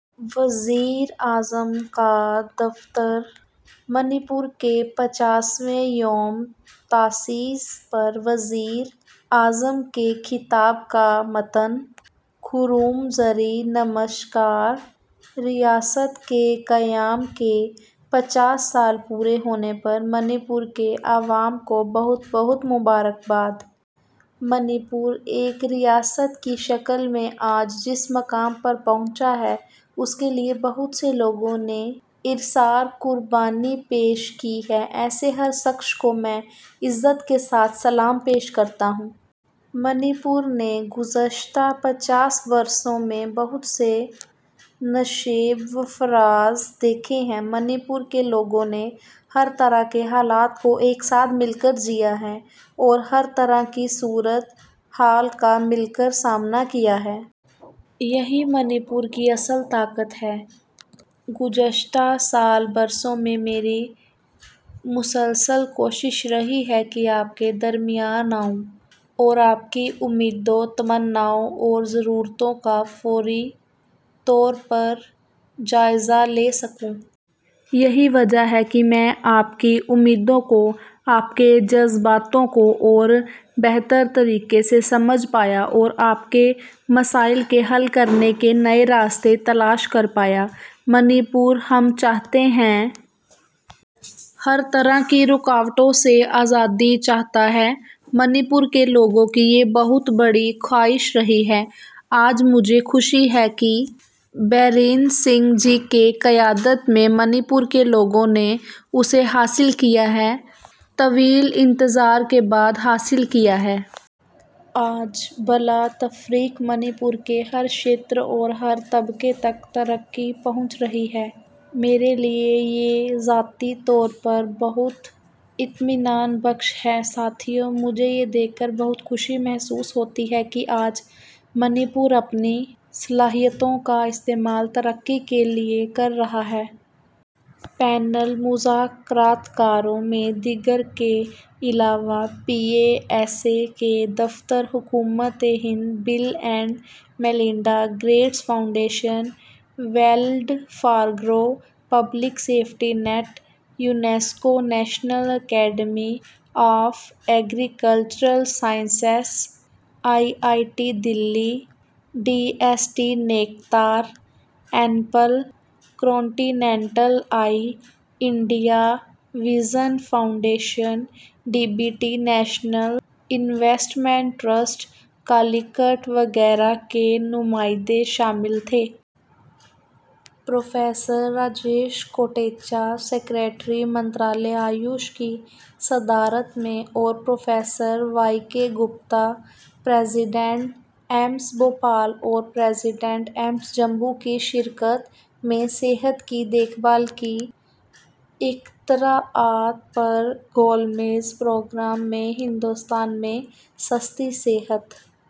وزیراعظم کا دفتر: منی پور کے پچاسویں یومِ تاسیس پر وزیر اعظم کے خطاب کا متن۔ کُھروم جَری! نمسکار! ریاست کے قیام کے پچاس سال پورے ہونے پر منی پور کے عوام کو بہت بہت مبارک باد! منی پور ایک ریاست کی شکل میں آج جس مقام پر پہنچا ہے، اس کے لیے بہت سے لوگوں نے ایثار و قربانی پیش کی ہے۔ ایسے ہر شخص کو میں عزت کے ساتھ سلام پیش کرتا ہوں۔ منی پور نے گزشتہ پچاس برسوں میں بہت سے نشیب و فراز دیکھے ہیں۔ منی پور کے لوگوں نے ہر طرح کے حالات کو ایک ساتھ مل کر جیا ہے اور ہر طرح کی صورتِ حال کا مل کر سامنا کیا ہے۔ یہی منی پور کی اصل طاقت ہے۔ گزشتہ سات برسوں میں میری مسلسل کوشش رہی ہے کہ آپ کے درمیان آؤں اور آپ کی امیدوں، تمناؤں اور ضرورتوں کا فوری طور پر جائزہ لے سکوں۔ یہی وجہ ہے کہ میں آپ کی امیدوں کو، آپ کے جذبات کو اور بہتر طریقے سے سمجھ پایا اور آپ کے مسائل کے حل کرنے کے نئے راستے تلاش کر پایا۔ منی پور امن چاہتا ہے۔ ہر طرح کی رکاوٹوں سے آزادی چاہتا ہے۔ منی پور کے لوگوں کی یہ ایک بہت بڑی خواہش رہی ہے۔ آج مجھے خوشی ہے کہ بیرین سنگھ جی کی قیادت میں منی پور کے لوگوں نے اسے حاصل کیا ہے، طویل انتظار کے بعد حاصل کیا ہے۔ آج بلا تفریق منی پور کے ہر شعبے اور ہر طبقے تک ترقی پہنچ رہی ہے۔ میرے لیے یہ ذاتی طور پر بہت اطمینان بخش ہے۔ ساتھیو، مجھے یہ دیکھ کر بہت خوشی محسوس ہوتی ہے کہ آج منی پور اپنی صلاحیتوں کا استعمال ترقی کے لیے کر رہا ہے۔ پینل مذاکرات کاروں میں، دیگر کے علاوہ، پی ایس اے کے دفتر، حکومتِ ہند، Bill and Melinda Gates Foundation, Wells Fargo, Publicis Sapient, UNICEF, National Academy of Agricultural Sciences, I I T Delhi, D S T, NECTAR, N P C I, India Vision Foundation, D B T, N I T Calicut وغیرہ کے نمائندے شامل تھے۔ Professor Rajesh Kotecha, secretary, وزارتِ آیوش کی صدارت میں، اور پروفیسر وائی کے گپتا، صدر، ایمس بھوپال اور صدر ایمس جموں کی شریک صدارت میں ''صحت کی دیکھ بھال کی اختراعات'' پر گول میز پروگرام میں ہندوستان میں سستی صحت